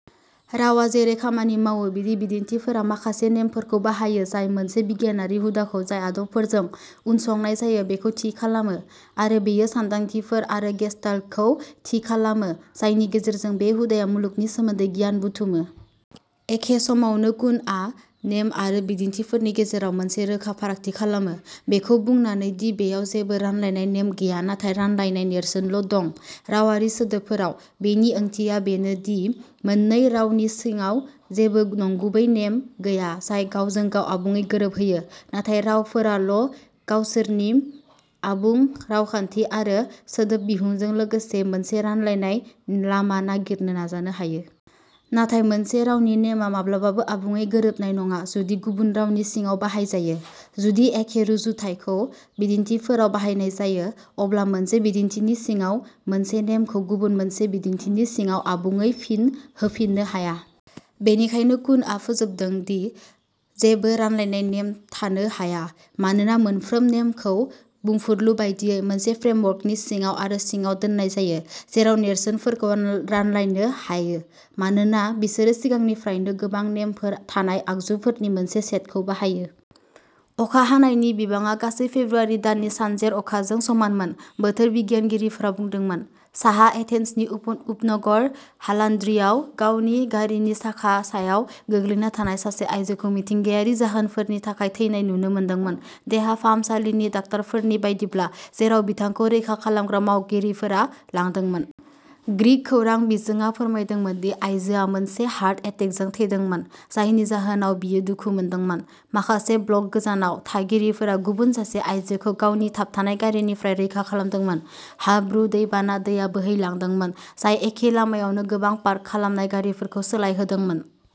रावआ जेरै खामानि मावो, बिदि बिदिन्थिफोरा माखासे नेमफोरखौ बाहायो जाय मोनसे बिगियानारि हुदाखौ जाय आदबफोरजों उनसंनाय जायो बेखौ थि खालामो, आरो बेयो सान्दांथिफोर आरो गेसताल्टखौ थि खालामो जायनि गेजेरजों बे हुदाया मुलुगनि सोमोन्दै गियान बुथुमो। एखे समावनो, कुनआ नेम आरो बिदिन्थिफोरनि गेजेराव मोनसे रोखा फारागथि खालामो, बेखौ बुंनानै दि बेयाव जेबो "रानलायनाय नेम" गैया नाथाय "रानलायनाय नेरसोन" ल "दं। रावारि सोदोबफोराव, बेनि ओंथिया बेनो दि मोननै रावनि सिङाव जेबो नंगुबै नेम गैया जाय गावजों गाव आबुङै गोरोबहोयो, नाथाय रावफोराल'गावसोरनि आबुं रावखान्थि आरो सोदोब बिहुंजों लोगोसे मोनसे रानलायनाय लामा नागिरनो नाजानो हायो। नाथाय मोनसे रावनि नेमआ माब्लाबाबो आबुङै गोरोबनाय नङा जुदि गुबुन रावनि सिङाव बाहायजायो। जुदि एखे रुजुथायखौ बिदिन्थिफोराव बाहायनाय जायो, अब्ला मोनसे बिदिन्थिनि सिङाव मोनसे नेमखौ गुबुन मोनसे बिदिन्थिनि सिङाव आबुङै फिन होफिननो हाया। बेनिखायनो कुनआ फोजोबदों दि जेबो" रानलायनाय नेम "थानो हाया, मानोना मोनफ्रोम नेमखौ बुंफुरलु बायदियै, मोनसे फ्रेमवर्कनि सिङाव आरो सिङाव दोन्नाय जायो; जेराव नेरसोनफोरखौ रानलायनो हायो मानोना बिसोरो सिगांनिफ्रायनो गोबां नेमफोर थानाय आगजुफोरनि मोनसे सेटखौ बाहायो। अखा हानायनि बिबाङा गासै फेब्रुआरि दाननि सानजेर अखाजों समानमोन, बोथोर बिगियानगिरिफोरा बुंदोंमोन। साहा एथेन्सनि उपनगर हालान्ड्रिआव गावनि गारिनि साखा सायाव गोग्लैना थानाय सासे आयजोखौ मिथिंगायारि जाहोनफोरनि थाखाय थैनाय नुनो मोनदोंमोन, देहा फाहामसालिनि डाक्टारफोरनि बायदिब्ला, जेराव बिथांखौ रैखा खालामग्रा मावगिरिफोरा लांदोंमोन। ग्रीक खौरां बिजोंआ फोरमायदोंमोन दि आइजोआ मोनसे हार्ट एटेकजों थैदोंमोन, जायनि जाहोनाव बियो दुखु मोनदोंमोन। माखासे ब्लक गोजानाव, थागिरिफोरा गुबुन सासे आयजोखौ गावनि थाबथानाय गारिनिफ्राय रैखा खालामदोंमोन। हाब्रु दै बाना दैया बोहैलांदोंमोन, जाय एखे लामायावनो गोबां पार्क खालामनाय गारिफोरखौ सोलायहोदोंमोन।